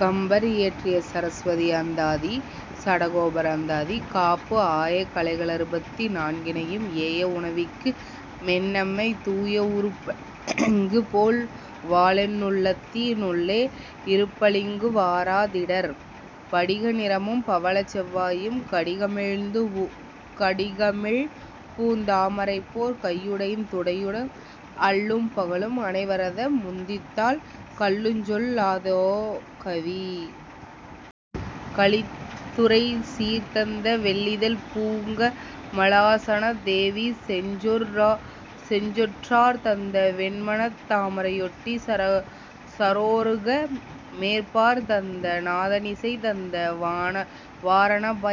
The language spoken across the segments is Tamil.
கம்பர் இயற்றிய சரஸ்வதி அந்தாதி, சடகோபர் அந்தாதி காப்பு ஆய கலைக ளறுபத்து நான்கினையும் ஏய வுணர்விக்கு மென்னம்மை தூய வுருப்பளிங்கு போல்வாளென் னுள்ளத்தி னுள்ளே யிருப்பளிங்கு வாரா திடர். படிக நிறமும் பவளச்செவ் வாயும் கடிகமழ்பூந் தாமரைபோற் கையுந் துடியிடையும் அல்லும் பகலும் அனவரத முந்துதித்தால் கல்லுஞ்சொல் லாதோ கவி. கலித்துறை சீர்தந்த வெள்ளிதழ்ப் பூங்கமலா சனத்தேவி செஞ்சொற் றார்தந்த வென்மனத் தாமரையாட்டி சரோருக மேற் பார்தந்த நாத னிசைதந்த வாரணப்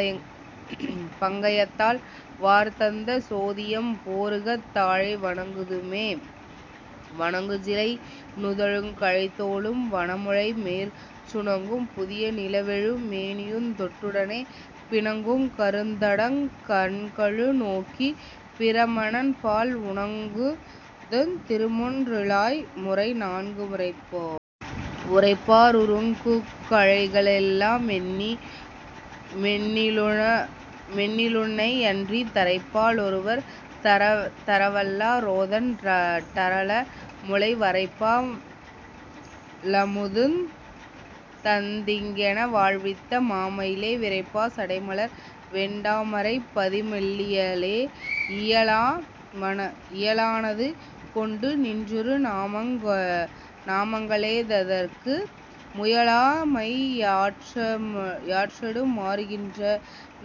பங்கயத்தாள் வார்தந்த சோதி யம்போருகத் தாளை வணங்குதுமே. வணங்குஞ் சிலைநுதலுங் கழைத்தோளும் வனமுலை மேற் சுணங்கும் புதிய நிலவெழு மேனியுந் தோட்டுடனே பிணங்குங் கருந்தடங் கண்களு நோக்கிப் பிரமனன்பால் உணங்குந் திருமுன் றிலாய் மறைநான்கு முரைப்பவளே. உரைப்பா ருரைக்குங் கலைகளெல்லா மெண்ணி லுன்னையன்றித் தரைப்பா லொருவர் தரவல்ல ரோதண் டரளமுலை வரைப்பா லமுதுதந் திங்கெனை வாழ்வித்த மாமயிலே விரைப்பா சடைமலர் வெண்டா மரைப்பதி மெல்லியலே. இயலா னதுகொண்டு நின்றிரு நாமங்க ளேத்துதற்கு முயலா மையாற்றடு மாறுகின்றே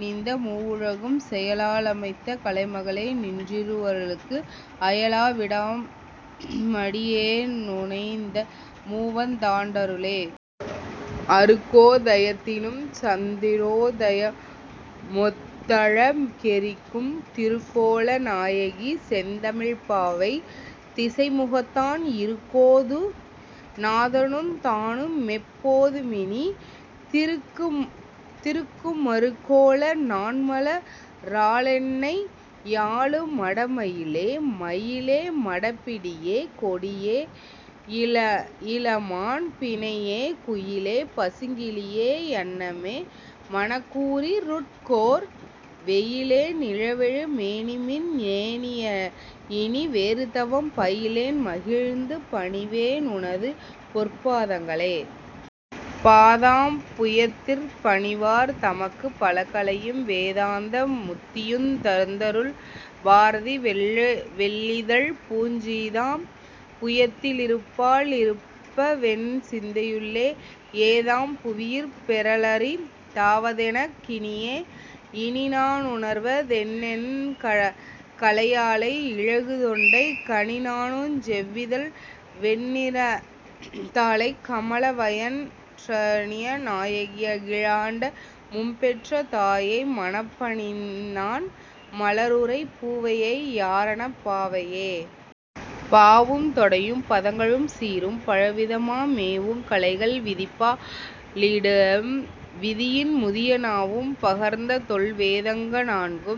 னிந்த மூவுலகும் செயலா லமைத்த கலைமகளே நின்றிரு வருளுக்கு அயலா விடாம லடியேனையு முவந் தாண்டருளே. அருக்கோ தயத்தினும் சந்திரோ தயமொத் தழகெறிக்கும் திருக்கோல நாயகி செந்தமிழ்ப் பாவை திசைமுகத்தான் இருக்கோ துநாதனுந் தானுமெப் போதுமினி திருக்கு மருக்கோல நாண்மல ராளென்னை யாளு மடமயிலே. மயிலே மடப்பிடியே கொடியே யிளமான் பிணையே குயிலே பசுங்கிளியே யன்னமே மனக்கூ ரிருட்கோர் வெயிலே நிலவெழு மேனிமின் னேயினி வேறுதவம் பயிலேன் மகிழ்ந்து பணிவே னுனதுபொற் பாதங்களே. பாதாம் புயத்திற் பணிவார் தமக்குப் பலகலையும் வேதாந்த முத்தியுந் தந்தருள் பாரதிவெள் ளிதழ்ப்பூஞ் சீதாம் புயத்தி லிருப்பா ளிருப்பவென் சிந்தையுள்ளே ஏதாம் புவியிற் பெறலரி தாவதெனக் கினியே. இனிநா னுணர்வ தெண்ணெண் கலையாளை இலகுதொண்டைக் கனிநாணுஞ் செவ்விதழ் வெண்ணிறத் தாளைக் கமலவயன் றனிநாயகியை யகிலாண்ட மும்பெற்ற தாயைமணப் பனிநாண் மலருறை பூவையை யாரணப் பாவையையே. பாவுந் தொடையும் பதங்களும் சீரும் பலவிதமா மேவுங் கலைகள் விதிப்பா ளிடம்விதியின் முதிய நாவும் பகர்ந்ததொல் வேதங்க ணான்கு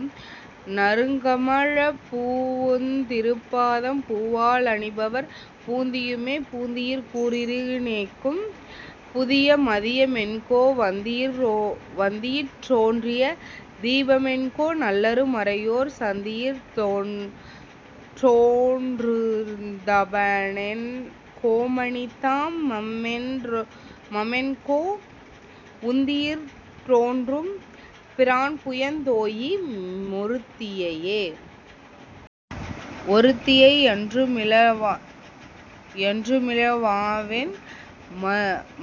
நறுங்கமலப் பூவுந் திருப்பதம் பூவா லணிபவர் புந்தியுமே. புந்தியிற் கூரிரு ணீக்கும்புதிய மதிய மென்கோ வந்தியிற் றோன்றிய தீபமென்கோ நல்லரு மறையோர் சந்தியிற் றோன்றுந் தபனனென் கோமணித்தா மமென்கோ உந்தியிற் றோன்றும் பிரான்புயந் தோயு மொருத்தியையே. ஒருத்தியை யன்றுமி லாவென்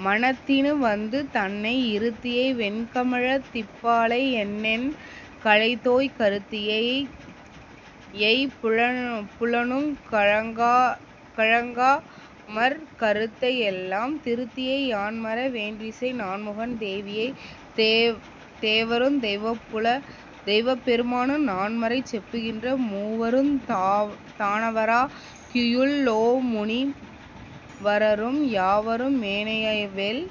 மனத்தினு வந்துதன்னை இருத்தியை வெண்கமலத் திப்பாளை யெண்ணெண் கலைதோய் கருத்தியை யைம்புலனுங் கலங்காமற் கருத்தை யெல்லாம் திருத்தியை யான்மற வேன்றிசை நான்முகன் தேவியையே. தேவருந் தெய்வப் பெருமானு நான்மறை செப்புகின்ற மூவருந் தானவரா கியுள் ளோருமுனி வரரும் யாவரு மேனையவெல்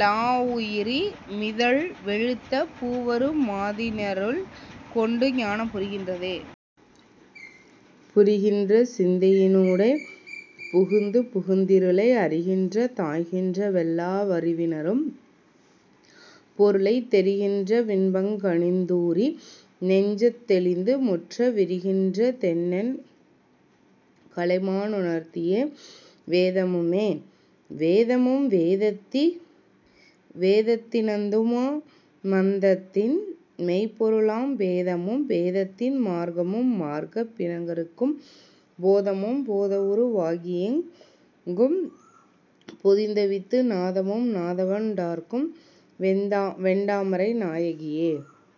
லாவுயிரு மிதழ் வெளுத்த பூவரு மாதினருள் கொண்டுஞா னம்புரி கின்றதே. புரிகின்ற சிந்தையி னூடே புகுந்துபுகுந் திருளை அரிகின்ற தாய்கின்ற வெல்லா வறிவினரும் பொருளைத் தெரிகின்ற வின்பங் கனிந்தூறி நெஞ்சந்தெ ளிந்துமுற்ற விரிகின்ற தெண்ணெண் கலைமா னுணர்த்திய வேதமுமே. வேதமும் வேதத்தி னந்தமு மந்தத்தின் மெய்ப்பொருளாம் பேதமும் பேதத்தின் மார்க்கமு மார்க்கப் பிணக்கறுக்கும் போதமும் போதவுரு வாகியெங் கும்பொதிந் தவிந்து நாதமு நாதவண் டார்க்கும்வெண் டாமரை நாயகியே.